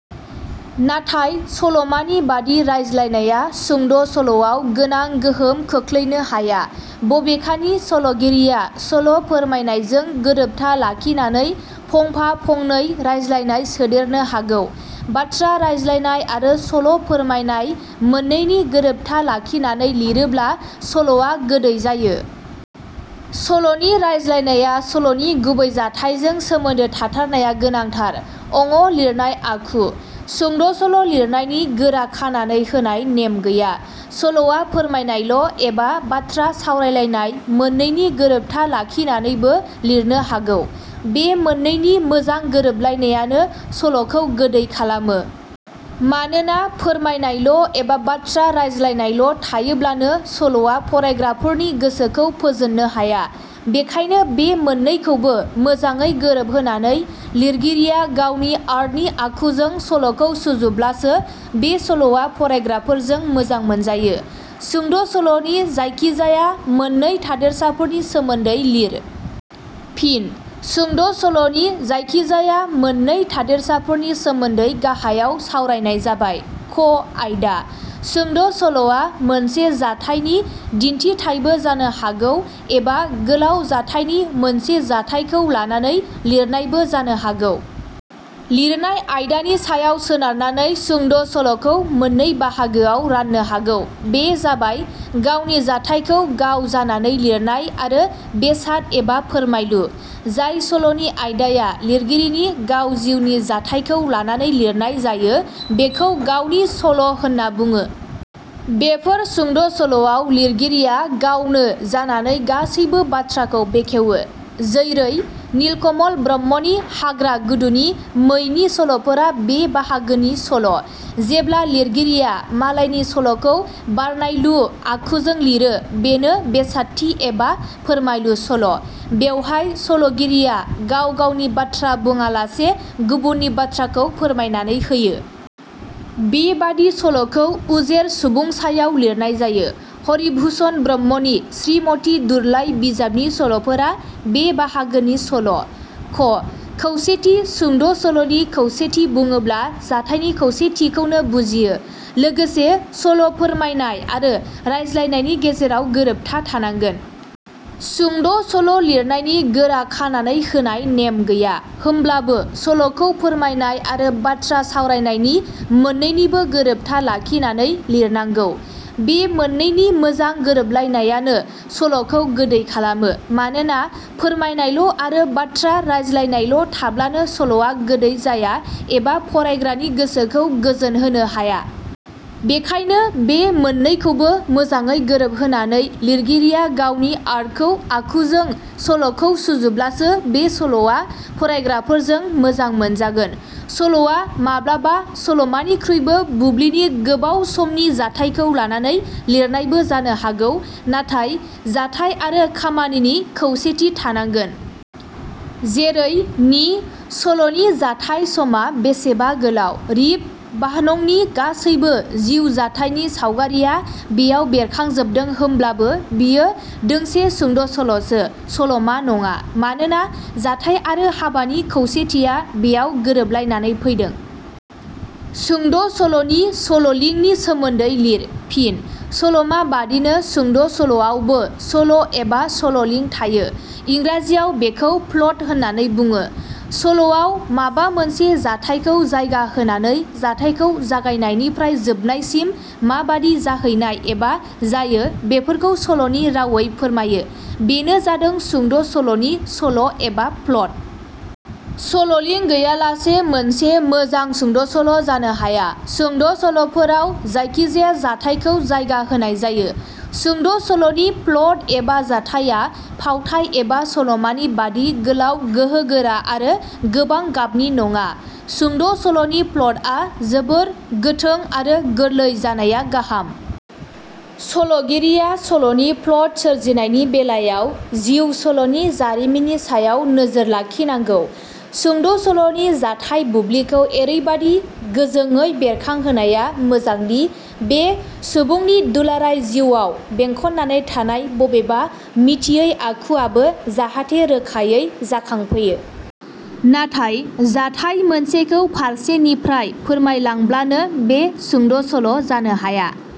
नाथाय सलमानि बादि रायज्लायनाया सुंद' सल'आव गोनां गोहोम खोखलैनो हाया। बबेखानि सल'गिरिया सल' फोरमायनायजों गोरोबथा लाखिनानै फंफा फंनै रायज्लायनाय सोदेरनो हागौ। बाथ्रा रायज्लायनाय आरो सल' फोरमायनाय मोननैनि गोरोबथा लाखिनानै लिरोब्ला सल'आ गोदै जायो। सल'नि रायज्लायनाया सल 'नि गुबै जाथाइजों सोमोन्दो थाथारनाया गोनांथार। ङ लिरनाय आखु: सुंद' सल' लिरनायनि गोरा खानानै होनाय नेम गैया। सल'आ फोरमायनायल' एबा बाथ्रा सावरायलायनाय मोनैनि गोरोबथा लाखिनानैबो लिरनो हागौ। बे मोननैनि मोजां गोरोबलायनायानो 'सल'खौ गोदै खालामो। मानोना फोरमायनायल' एबा बाथ्रा रायज्लायनायल' थायोब्लानो सल 'या फरायग्राफोरनि गोसोखौ फोजोननो हाया। बेखायनो बे मोननैखौबो मोजाङै गोरोब होनानै लिरगिरिया गावनि आर्टनि आखुजों सल 'खौ सुजुब्लासो बे सल 'या फरायग्राफोरजों मोजां मोनजायो। सुंद' सल 'नि जायखि जाया मोननै थादेरसाफोरनि सोमोन्दै लिर। फिन: सुंद' सल 'नि जायखि जाया मोननै थादेरसाफोरनि सोमोन्दै गाहायाव सावरायनाय जाबाय- क आयदा: सुंद' सल 'वा मोनसे जाथायनि दिन्थिथायबो जानो हागौ एबा गोलाउ जाथायनि मोनसे जाथायखौ लानानै लिरनायबो जानो हागौ। लिरनाय आयदानि सायाव सोनारनानै सुंद' सल'खौ मोननै बाहागोआव राननो हागौ, बे जाबाय- गावनि जाथायखौ गाव जानानै लिरनाय आरो बेसाद एबा फोरमायलु। जाय सल 'नि आयदाया लिरगिरिनि गाव जिउनि जाथायखौ लानानै लिरनाय जायो बेखौ गावनि सल' होनना बुङो। बेफोर सुंद' सल 'आव लिरगिरिया गावनो जानानै गासैबो बाथ्राखौ बेखेवो। जैरै-नीलकमल ब्रह्मनि हाग्रा गुदुनि मैनि सल'फोरा बे बाहागोनि सल'। जेब्ला लिरगिरिया मालायनि सल 'खौ बारनायलु आखुजों लिरो बेनो बेसादथि एबा फोरमायलु सल'। बेवहाय सल'गिरिया गाव गावनि बाथ्रा बुङालासे गुबुननि बाथ्राखौ फोरमायनानै होयो। बे बादि सल'खौ उजेर सुबुंसायाव लिरनाय जायो। हरिभुषन ब्रह्मनि श्रीमति दुरलाय बिजाबनि सल'फोरा बे बाहागोनि सल'। ख खौसेथि: सुंद' सल'नि खौसेथि बुङोब्ला जाथायनि खौसेथिखौनो बुजियो। लोगोसे सल' फोरमायनाय आरो रायज्लायनायनि गेजेराव गोरोबथा थानांगोन। सुंद' सल' लिरनायनि गोरा खानानै होनाय नेम गैया। होमब्लाबो सल 'खौ फोरमायनाय आरो बाथ्रा सावरायनायनि मोननैनिबो गोरोबथा लाखिनानै लिरनांगौ। बे मोननैनि मोजां गोरोबलायनायानो सल'खौ गोदै खालामो। मानोना फोरमायनायल' आरो बाथ्रा रायज्लायनायल' थाब्लानो सल'आ गोदै जाया एबा फरायग्रानि गोसोखौ गोजोनहोनो हाया। बेखायनो बे मोननैखौबो मोजाङै गोरोबहोनानै लिरगिरिया गावनि आर्टखौ आखुजों सल 'खौ सुजुब्लासो बे सल'आ फरायग्राफोरजों मोजां मोनजागोन। सल'आ माब्लाबा सल'मानिख्रुइबो बुब्लिनि गोबाव समनि जाथायखौ लानानै लिरनायबो जानो हागौ नाथाय जाथाइ आरो खामानिनि खौसेथि थानांगोन। जेरै नि "" सल 'नि जाथाइ समा बेसेबा गोलाउ, रिप भानंनि गासैबो जिउ जाथाइनि सावगारिया बेयाव बेरखांजोबदों होमब्लाबो बेयो दोंसे सुंद' सल'सो, सल'मा नङा। मानोना जाथाइ आरो हाबानि खौसेथिया बेयाव गोरोबलायनानै फैदों। सुंद' सल 'नि सल 'लिंनि सोमोन्दै लिर। फिन: सल'माबादिनो सुंद' सल'आवबो सल' एबा सल 'लिं थायो, इंराजियाव बेखौ प्लट होननानै बुङो। सल'आव माबा मोनसे जाथाइखौ जायगा होनानै जाथाइखौ जागायनायनिफ्राय जोबनायसिम माबादि जाहैनाय एबा जायो बेफोरखौ सल'नि रावै फोरमायो, बेनो जादों सुंद' सल'नि सल' एबा प्लट। सल 'लिं गैयालासे मोनसे मोजां सुंद' सल' जानो हाया। सुंद' सल 'फोराव जायखिजाया जाथाइखौ जायगा होनाय जायो। सुंद' सल'नि प्लट एबा जाथाइया फावथाइ एबा सलमानि बादि गोलाव गोहोगोरा आरो गोबां गाबनि नङा। सुंद' सल 'नि प्लटआ जोबोर गोथों आरो गोरलै जानाया गाहाम। सल 'गिरिया सल 'नि प्लट सोरजिनायनि बेलायाव जिउ सल 'नि जारिमिननि सायाव नोजोर लाखिनांगौ। सुंद' सल 'नि जाथाइ बुब्लिखौ एरैबादि गोजोङै बेरखांहोनाया मोजांदि बे सुबुंनि दुलाराय जिउवाव बेंखननानै थानाय बबेबा मिथियै आखुवाबो जाहाथे रोखायै जाखां फैयो। नाथाय जाथाइ मोनसेखौ फारसे निफ्राय फोरमायलांब्लानो बे सुंद' सल' जानो हाया।